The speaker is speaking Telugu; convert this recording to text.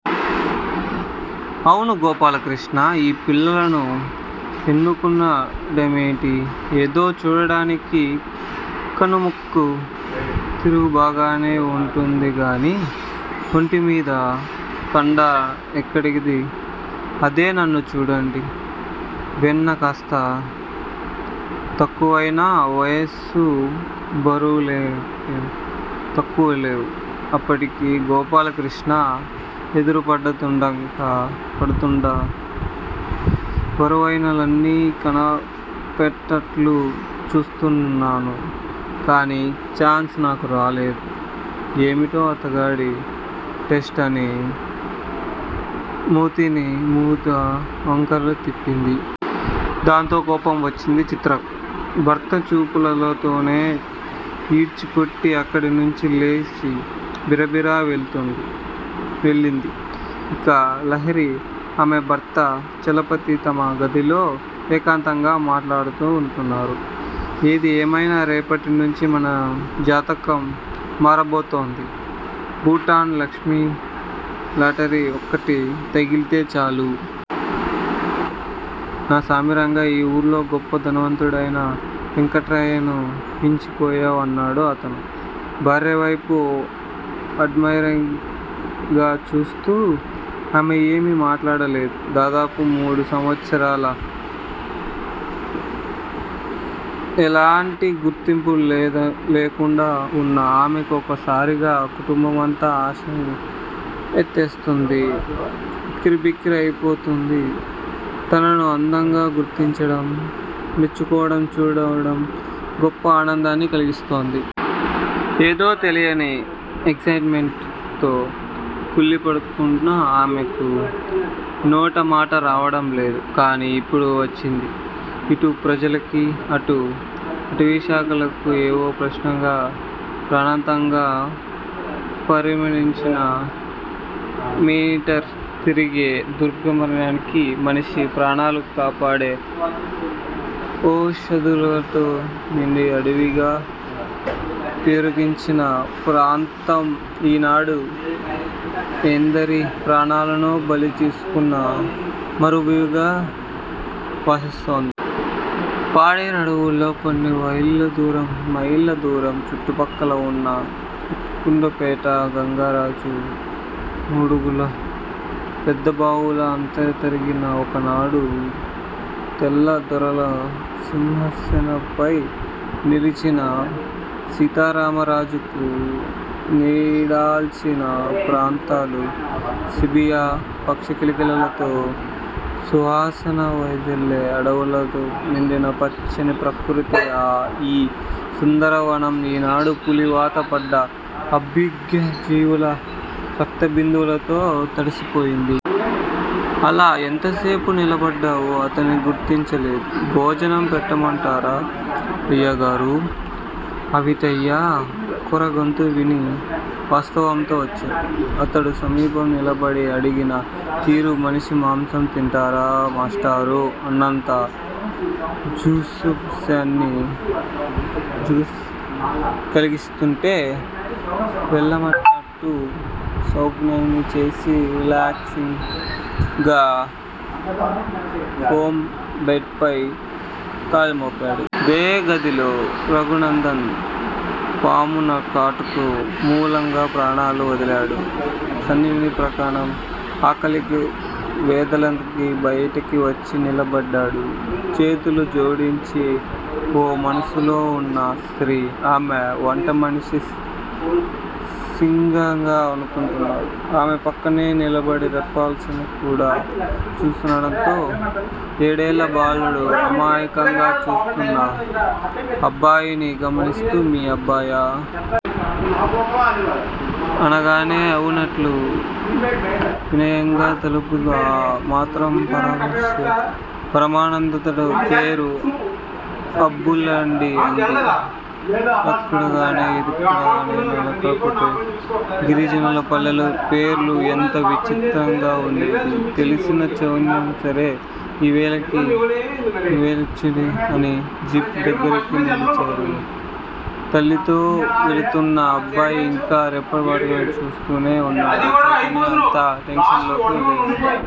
అవునూ గోపాలకృష్ణ ఈ పిల్లను ఎన్నుకున్నాడేమిటి? ఏదో చూడటానికి కనుముక్కు తీరుబాగానే వుంటుందిగానీ ఒంటిమీద కండ ఎక్కడిదీ? అదే నన్ను చూడండీ వన్నె కాస్త తక్కువయినా వయసు బరువులకేం తక్కువలేవు. అప్పటికీ గోపాలకృష్ణ ఎదురుపడ్డప్పుడంతా బరువులన్నీ కనపడేటట్లు చూసుకున్నాను. కానీ ఛాన్స్ నాకు రాలేదు. ఏమిటో అతగాడి టేస్ట్ అని మూతిని మూడు వంకరలు తిప్పింది. దాంతో కోపం వచ్చింది చిత్రకు. భర్తను చూపులతోనే ఈడ్చికొట్టి అక్కడి నుంచి లేచి బిరబిరా వెళ్ళింది. ఇక లహరి, ఆమె భర్త చలపతి తమ గదిలో ఏకాంతంగా మాట్లాడు కుంటున్నారు. ఏది ఏమైనా రేపటి నుంచీ మన జాతకం మారబోతోంది. భూటాన్ లక్ష్మి లాటరీ ఒక్కటి తగిలితే చాలు. నా సామిరంగా ఈ ఊర్లో గొప్ప ధనవంతుడైన వెంకట్రామయ్యను మించిపోవచ్చు అన్నాడు అతను భార్యవైపు ఆడ్మయిరింగ్ గా చూస్తూ. ఆమె ఏమీ మాట్లాడలేదు. దాదాపు మూడు సంవత్సరాలుగా ఎలాంటి గుర్తింపూ లేకుండా వున్న ఆమెను ఒక్కసారిగా కుటుంబమంతా ఆకాశానికి ఎత్తేస్తుంటే ఉక్కిరిబిక్కిరైపోతోంది. తనను అందరూ గుర్తించడం, మెచ్చుకోలుగా చూడడం గొప్ప ఆనందాన్ని కలిగిస్తోంది. ఏదో తెలియని ఎగ్జయిట్ మెంట్ తో తుళ్ళిపడుతున్న ఆమెకు నోటమాట రావడం లేదు. కాని ఇప్పుడు వచ్చింది ఇటు ప్రజలకి, అటు అటవీశాఖకు వో ప్రశ్నగా, ప్రాణాంతకంగా పరిణమించిన మేనీటర్ తిరిగే దుర్గమారణ్యానికి. మనిషి ప్రాణాలను కాపాడే ఓషదులతో నిండిన అడవిగా పేరుగాంచిన ప్రాంతం ఈనాడు ఎందరి ప్రాణాలనో బలి తీసుకున్న మరుభూమిగా వాసికెక్కింది. పాడేరు అడవులకు కొన్ని మైళ్ళ దూరంలో చుట్టుపక్కల ఉన్న హుకుంపేట, గంగరాజు మాడుగుల, పెదబయలు, అనంతగిరి ఒకనాడు తెల్లదొరలకు సింహస్వప్నమై నిలిచిన సీతారామరాజుకు నీడనిచ్చిన ప్రాంతాలు. సిబియా పక్షుల కిలకిలరావాలతో, సువాసనలు వెదజల్లే అడవిపూలతో నిండిన పచ్చని ప్రకృతి ఈ సుందరవనం ఈనాడు పులివాత పడ్డ అభాగ్యజీవుల రక్తబిందువులతో తడిసిపోయింది. అలా ఎంతసేపు నిలబడ్డాడో అతనికి గుర్తులేదు. భోజనం పెట్టమంటారా, అయ్యగోరూ! తవిటయ్య కరకు గొంతు విని వాస్తవంలోకి వచ్చాడు. అతడు సమీపంలో నిలబడి అడిగిన తీరు, 'మనిషి మాంసం తింటారా. మాష్టారూ! ' అన్నంత జుగుప్సని కలిగిస్తుంటే వెళ్ళమన్నట్లు సౌంజ్ఞ చేసి రిలాక్సింగ్ గా ఫోమ్ బెడ్ పై వాలిపోయాడు. ఇదే గదిలో రఘునందన్ పాముకాటు మూలంగా ప్రాణాలు వదిలాడు. సన్నని ప్రకంపన. ఆకలిగా లేదతనికి. బయటకు వచ్చి నిలబడ్డాడు. చేతులు జోడించింది ఓ వయసులోవున్న స్త్రీ. ఆమె వంటమనిషి సింగిగా అనుకున్నాడు. ఆమె పక్కనే నిలబడి రెప్పలార్పకుండా చూస్తున్నాడో ఏడేళ్ళ బాలుడు. అమాయకంగా చూస్తున్న అబ్బాయిని గమనిస్తూ మీ అబ్బాయా? అనగానే అవున్నట్లు వినయంగా తలూపింది. ఆ మాత్రం పరామర్శకే పరమానందపడుతూ. పేరు అబ్బులండి అంది అడక్కుండానే. ఉండేదెక్కడ? నక్కలపుట్ట గిరిజనుల పల్లెల పేర్లు ఎంత విచిత్రంగా ఉండేదీ తెలిసిన చైతన్య సరే, ఈవేళకి నువ్వెళ్ళొచ్చు అని జీప్ దగ్గరికి నడిచాడు. తల్లితో వెళుతున్న అబ్బాయి ఇంకా రెప్పవేయకుండా చూస్తూనే ఉన్నాడు చైతన్యని. అంత టెన్షన్ లోనూ